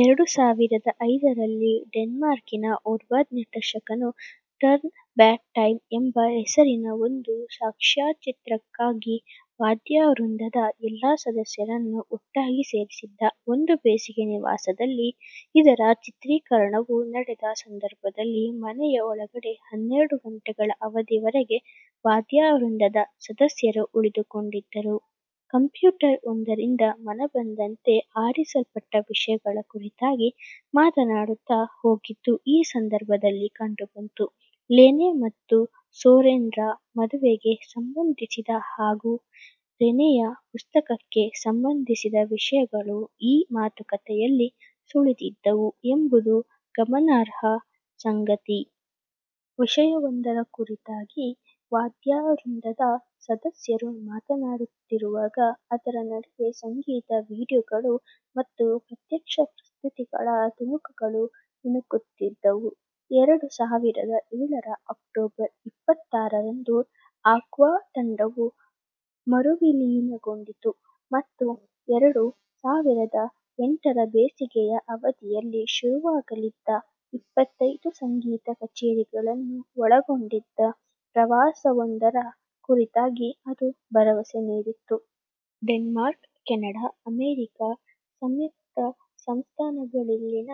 ಎರಡು ಸಾವಿರದ ಐದರಲ್ಲಿ, ಡೆನ್ಮಾರ್ಕಿನ ಓರ್ವ ನಿರ್ದೇಶಕನು, ಟರ್ನ್ ಬ್ಯಾಕ್ ಟೈಮ್ ಎಂಬ ಹೆಸರಿನ ಒಂದು ಸಾಕ್ಷ್ಯಚಿತ್ರಕ್ಕಾಗಿ ವಾದ್ಯವೃಂದದ ಎಲ್ಲ ಸದಸ್ಯರನ್ನೂ ಒಟ್ಟಾಗಿ ಸೇರಿಸಿದ. ಒಂದು ಬೇಸಿಗೆ ನಿವಾಸದಲ್ಲಿ ಇದರ ಚಿತ್ರೀಕರಣವು ನಡೆದ ಸಂದರ್ಭದಲ್ಲಿ, ಮನೆಯ ಒಳಗಡೆ ಹನ್ನೆರಡು ಗಂಟೆಗಳ ಅವಧಿಯವರೆಗೆ ವಾದ್ಯವೃಂದದ ಸದಸ್ಯರು ಉಳಿದುಕೊಂಡಿದ್ದರು; ಕಂಪ್ಯೂಟರ್ ಒಂದರಿಂದ ಮನಬಂದಂತೆ ಆರಿಸಲ್ಪಟ್ಟ ವಿಷಯಗಳ ಕುರಿತಾಗಿ ಮಾತನಾಡುತ್ತಾ ಹೋಗಿದ್ದು ಈ ಸಂದರ್ಭದಲ್ಲಿ ಕಂಡುಬಂತು; ಲೆನೆ ಮತ್ತು ಸೋರೆನ್ರ ಮದುವೆಗೆ ಸಂಬಂಧಿಸಿದ ಹಾಗೂ ರೆನೆಯ ಪುಸ್ತಕಕ್ಕೆ ಸಂಬಂಧಿಸಿದ ವಿಷಯಗಳೂ ಈ ಮಾತುಕತೆಯಲ್ಲಿ ಸುಳಿದಿದ್ದವು ಎಂಬುದು ಗಮನಾರ್ಹ ಸಂಗತಿ. ವಿಷಯವೊಂದರ ಕುರಿತಾಗಿ ವಾದ್ಯವೃಂದದ ಸದಸ್ಯರು ಮಾತನಾಡುತ್ತಿರುವಾಗ, ಅದರ ನಡುವೆ ಸಂಗೀತ ವಿಡಿಯೋಗಳು ಮತ್ತು ಪ್ರತ್ಯಕ್ಷ ಪ್ರಸ್ತುತಿಗಳ ತುಣುಕುಗಳು ಇಣುಕುತ್ತಿದ್ದವು. ಎರಡು ಸಾವಿರದ ಏಳರ ಅಕ್ಟೋಬರ್ ಇಪ್ಪತ್ತಾರರಂದು, ಆಕ್ವಾ ತಂಡವು ಮರುವಿಲೀನಗೊಂಡಿತು ಮತ್ತು ಎರಡು ಸಾವಿರದ ಎಂಟರ ಬೇಸಿಗೆಯ ಅವಧಿಯಲ್ಲಿ ಶುರುವಾಗಲಿದ್ದ, ಇಪ್ಪತ್ತೈದು-ಸಂಗೀತ ಕಚೇರಿಗಳನ್ನು ಒಳಗೊಂಡಿದ್ದ ಪ್ರವಾಸವೊಂದರ ಕುರಿತಾಗಿ ಅದು ಭರವಸೆ ನೀಡಿತು. ಡೆನ್ಮಾರ್ಕ್, ಕೆನಡಾ, ಅಮೆರಿಕಾ ಸಂಯುಕ್ತ ಸಂಸ್ಥಾನಗಳಲ್ಲಿನ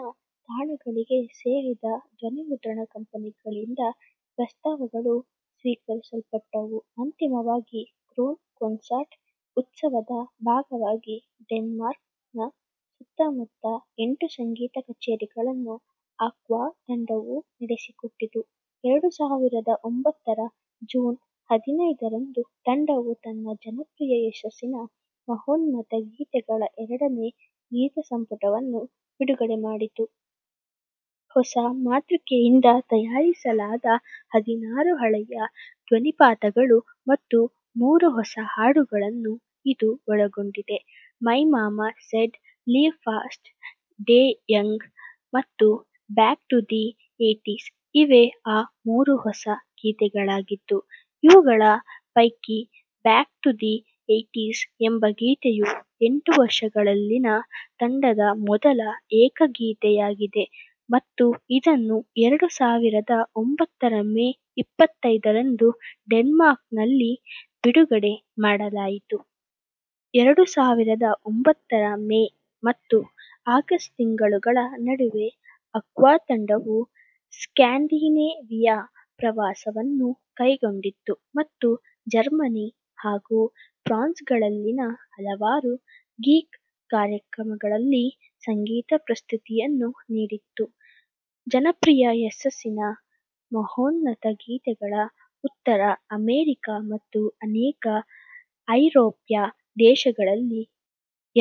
ತಾಣಗಳಿಗೆ ಸೇರಿದ ಧ್ವನಿಮುದ್ರಣ ಕಂಪನಿಗಳಿಂದ ಪ್ರಸ್ತಾವಗಳು ಸ್ವೀಕರಿಸಲ್ಪಟ್ಟವು. ಅಂತಿಮವಾಗಿ, "ಗ್ರೋನ್ ಕೊನ್ಸರ್ಟ್" ಉತ್ಸವದ ಭಾಗವಾಗಿ ಡೆನ್ಮಾರ್ಕ್ನ ಸುತ್ತಮುತ್ತ ಎಂಟು ಸಂಗೀತ ಕಚೇರಿಗಳನ್ನು ಆಕ್ವಾ ತಂಡವು ನಡೆಸಿಕೊಟ್ಟಿತು. ಎರಡು ಸಾವಿರದ ಒಂಭತ್ತರ ಜೂನ್ ಹದಿನೈದರಂದು, ತಂಡವು ತನ್ನ ಜನಪ್ರಿಯ ಯಶಸ್ಸಿನ ಮಹೋನ್ನತ ಗೀತೆಗಳ ಎರಡನೇ ಗೀತಸಂಪುಟವನ್ನು ಬಿಡುಗಡೆಮಾಡಿತು. ಹೊಸಮಾತೃಕೆಯಿಂದ ತಯಾರಿಸಲಾದ ಹದಿನಾರು ಹಳೆಯ ಧ್ವನಿಪಥಗಳು ಮತ್ತು ಮೂರು ಹೊಸ ಹಾಡುಗಳನ್ನು ಇದು ಒಳಗೊಂಡಿದೆ. "My mamma said", "live fast, die young" ಮತ್ತು "ಬ್ಯಾಕ್ ಟು ದಿ ಏಯ್ಟೀಸ್ ಇವೇ ಆ ಮೂರು ಹೊಸ ಗೀತೆಗಳಾಗಿದ್ದು, ಇವುಗಳ ಪೈಕಿ ಬ್ಯಾಕ್ ಟು ದಿ ಏಯ್ಟೀಸ್ ಎಂಬ ಗೀತೆಯು ಎಂಟು ವರ್ಷಗಳಲ್ಲಿನ ತಂಡದ ಮೊದಲ ಏಕಗೀತೆಯಾಗಿದೆ ಮತ್ತು ಇದನ್ನು ಎರಡು ಸಾವಿರದ ಒಂಭತ್ತರ ಮೇ ಇಪ್ಪತ್ತೈದರಂದು ಡೆನ್ಮಾರ್ಕ್ನಲ್ಲಿ ಬಿಡುಗಡೆ ಮಾಡಲಾಯಿತು. ಎರಡು ಸಾವಿರದ ಒಂಭತ್ತರ ಮೇ ಮತ್ತು ಆಗಸ್ಟ್ ತಿಂಗಳುಗಳ ನಡುವೆ ಆಕ್ವಾ ತಂಡವು ಸ್ಕ್ಯಾಂಡಿನೇವಿಯಾ ಪ್ರವಾಸವನ್ನೂ ಕೈಗೊಂಡಿತು ಮತ್ತು ಜರ್ಮನಿ, ಹಾಗೂ ಫ್ರಾನ್ಸ್ಗಳಲ್ಲಿನ ಹಲವಾರು ಗಿಗ್ ಕಾರ್ಯಕ್ರಮಗಳಲ್ಲಿ ಸಂಗೀತ-ಪ್ರಸ್ತುತಿಯನ್ನು ನೀಡಿತು. ಜನಪ್ರಿಯ ಯಶಸ್ಸಿನ ಮಹೋನ್ನತ ಗೀತೆಗಳ ಉತ್ತರ ಅಮೆರಿಕಾ ಮತ್ತು ಅನೇಕ ಐರೋಪ್ಯ ದೇಶಗಳಲ್ಲಿ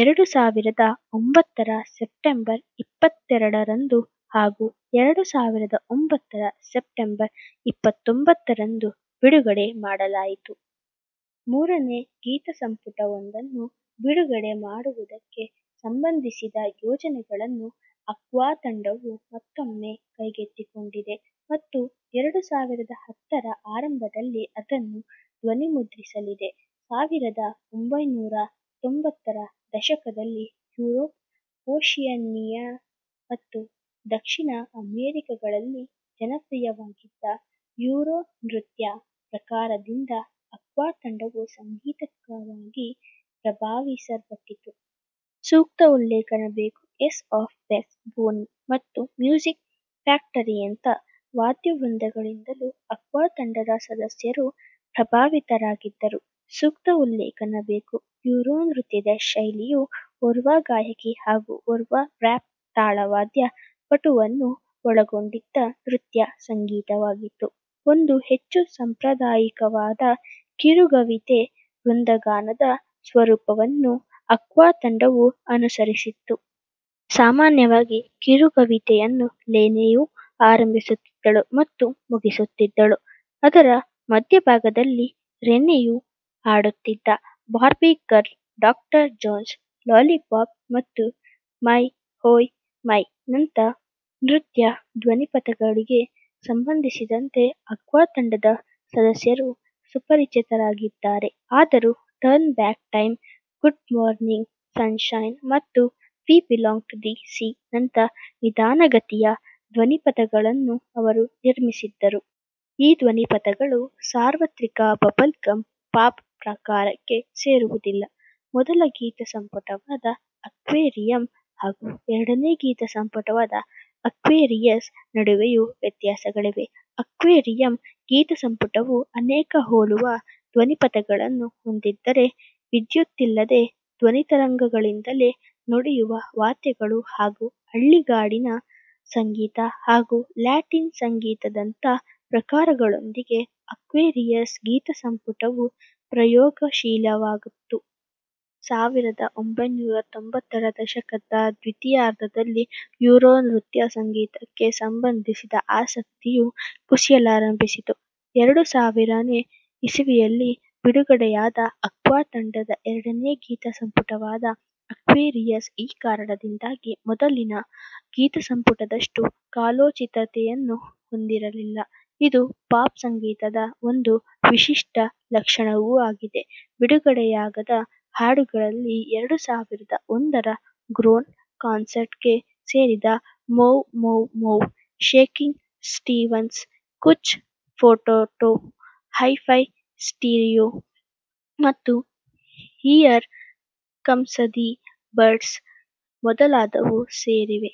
ಎರಡು ಸಾವಿರದ ಒಂಭತ್ತರ ಸೆಪ್ಟೆಂಬರ್ ಇಪ್ಪತ್ತೆರಡರಂದು ಹಾಗೂ ಎರಡು ಸಾವಿರದ ಒಂಭತ್ತರ ಸೆಪ್ಟೆಂಬರ್ ಇಪ್ಪತ್ತೊಂಬತ್ತರಂದು ಬಿಡುಗಡೆ ಮಾಡಲಾಯಿತು. ಮೂರನೇ ಗೀತಸಂಪುಟವೊಂದನ್ನು ಬಿಡುಗಡೆ ಮಾಡುವುದಕ್ಕೆ ಸಂಬಂಧಿಸಿದ ಯೋಜನೆಗಳನ್ನು ಆಕ್ವಾ ತಂಡವು ಮತ್ತೊಮ್ಮೆ ಕೈಗೆತ್ತಿಕೊಂಡಿದೆ ಮತ್ತು ಎರಡು ಸಾವಿರದ ಹತ್ತರ ಆರಂಭದಲ್ಲಿ ಅದನ್ನು ಧ್ವನಿಮುದ್ರಿಸಲಿದೆ. ಸಾವಿರದ ಒಂಭೈನೂರ ತ್ತೊಂಬತ್ತರ ದಶಕದಲ್ಲಿ ಯುರೋಪ್, ಓಷಿಯಾನಿಯಾ ಮತ್ತು ದಕ್ಷಿಣ ಅಮೆರಿಕಾಗಳಲ್ಲಿ ಜನಪ್ರಿಯವಾಗಿದ್ದ ಯುರೋನೃತ್ಯ ಪ್ರಕಾರದಿಂದ ಆಕ್ವಾ ತಂಡವು ಸಾಂಗೀತಕವಾಗಿ ಪ್ರಭಾವಿಸಲ್ಪಟ್ಟಿತ್ತು. ಸೂಕ್ತ ಉಲ್ಲೇಖನ ಬೇಕು, ಏಸ್ ಆಫ್ ಬೇಸ್, ಬೋನಿ. ಮತ್ತು ಮ್ಯೂಸಿಕ್ ಫ್ಯಾಕ್ಟರಿಯಂಥ ವಾದ್ಯವೃಂದಗಳಿಂದಲೂ ಆಕ್ವಾ ತಂಡದ ಸದಸ್ಯರು ಪ್ರಭಾವಿತರಾಗಿದ್ದರು. ಸೂಕ್ತ ಉಲ್ಲೇಖನ ಬೇಕು ಯುರೋನೃತ್ಯದ ಶೈಲಿಯು, ಓರ್ವ ಗಾಯಕಿ ಹಾಗೂ ಓರ್ವ ರ್ಯಾಪ್ ತಾಳವಾದ್ಯ ಪಟುವನ್ನು ಒಳಗೊಂಡಿದ್ದ ನೃತ್ಯ ಸಂಗೀತವಾಗಿತ್ತು. ಒಂದು ಹೆಚ್ಚು ಸಾಂಪ್ರದಾಯಿಕವಾದ ಕಿರುಗವಿತೆ-ವೃಂದಗಾನದ ಸ್ವರೂಪವನ್ನು ಆಕ್ವಾ ತಂಡವು ಅನುಸರಿಸಿತು. ಸಾಮಾನ್ಯವಾಗಿ, ಕಿರುಗವಿತೆಯನ್ನು ಲೆನೆಯು ಆರಂಭಿಸುತ್ತಿದ್ದಳು ಮತ್ತು ಮುಗಿಸುತ್ತಿದ್ದಳು. ಅದರ ಮಧ್ಯಭಾಗದಲ್ಲಿ ರೆನೆಯು ಹಾಡುತ್ತಿದ್ದ. "Barbie girl", "doctor Jones", "lollipop " ಮತ್ತು "ಮೈ ಓಹ್ ಮೈ"ನಂಥ ನೃತ್ಯ ಧ್ವನಿಪಥಗಳಿಗೆ ಸಂಬಂಧಿಸಿದಂತೆ ಆಕ್ವಾ ತಂಡದ ಸದಸ್ಯರು ಸುಪರಿಚಿತರಾಗಿದ್ದಾರೆ. ಆದರೂ, "turn back time", "good morning sunshine" ಮತ್ತು "ವಿ ಬಿಲಾಂಗ್ ಟು ದಿ ಸೀ"ನಂಥ ನಿಧಾನಗತಿಯ ಧ್ವನಿಪಥಗಳನ್ನೂ ಅವರು ನಿರ್ಮಿಸಿದರು. ಈ ಧ್ವನಿಪಥಗಳು ಸಾರ್ವತ್ರಿಕ ಬಬಲ್ಗಮ್ ಪಾಪ್ ಪ್ರಕಾರಕ್ಕೆ ಸೇರುವುದಿಲ್ಲ. ಮೊದಲ ಗೀತಸಂಪುಟವಾದ ಆಕ್ವೇರಿಯಂ ಹಾಗೂ ಎರಡನೇ ಗೀತಸಂಪುಟವಾದ ಆಕ್ವೇರಿಯಸ್ ನಡುವೆಯೂ ವ್ಯತ್ಯಾಸಗಳಿವೆ. ಆಕ್ವೇರಿಯಂ ಗೀತಸಂಪುಟವು ಅನೇಕ ಹೋಲುವ ಧ್ವನಿಪಥಗಳನ್ನು ಹೊಂದಿದ್ದರೆ, ವಿದ್ಯುತ್ತಿಲ್ಲದೆ ಧ್ವನಿತರಂಗಗಳಿಂದಲೇ ನುಡಿಯುವ ವಾದ್ಯಗಳು ಹಾಗೂ ಹಳ್ಳಿಗಾಡಿನ ಸಂಗೀತ ಹಾಗೂ ಲ್ಯಾಟಿನ್ ಸಂಗೀತದಂಥ ಪ್ರಕಾರಗಳೊಂದಿಗೆ ಆಕ್ವೇರಿಯಸ್ ಗೀತಸಂಪುಟವು ಪ್ರಯೋಗಶೀಲವಾಗಿತ್ತು. ಸಾವಿರದ ಒಂಭೈನೂರ ತೊಂಬತ್ತರ ದಶಕದ ದ್ವಿತೀಯಾರ್ಧದಲ್ಲಿ, ಯುರೋನೃತ್ಯ ಸಂಗೀತಕ್ಕೆ ಸಂಬಂಧಿಸಿದ ಆಸಕ್ತಿಯು ಕುಸಿಯಲಾರಂಭಿಸಿತು. ಎರಡು ಸಾವಿರನೇ ಇಸವಿಯಲ್ಲಿ ಬಿಡುಗಡೆಯಾದ ಆಕ್ವಾ ತಂಡದ ಎರಡನೇ ಗೀತಸಂಪುಟವಾದ ಆಕ್ವೇರಿಯಸ್, ಈ ಕಾರಣದಿಂದಾಗಿ ಮೊದಲಿನ ಗೀತಸಂಪುಟದಷ್ಟು ಕಾಲೋಚಿತತೆಯನ್ನು ಹೊಂದಿರಲಿಲ್ಲ. ಇದು ಪಾಪ್ ಸಂಗೀತದ ಒಂದು ವಿಶಿಷ್ಟ ಲಕ್ಷಣವೂ ಆಗಿದೆ. ಬಿಡುಗಡೆಯಾಗದ ಹಾಡುಗಳಲ್ಲಿ ಎರಡು ಸಾವಿರದ ಒಂದರ ಗ್ರೋನ್ ಕೊನ್ಸರ್ಟ್ಗೆ ಸೇರಿದ "wow, wow, wow", "Shaking Stevens ", "couch potato", "hi fi stereo", ಮತ್ತು "ಹಿಯರ್ ಕಮ್ಸ್ ದಿ ಬರ್ಡ್ಸ್" ಮೊದಲಾದವು ಸೇರಿವೆ.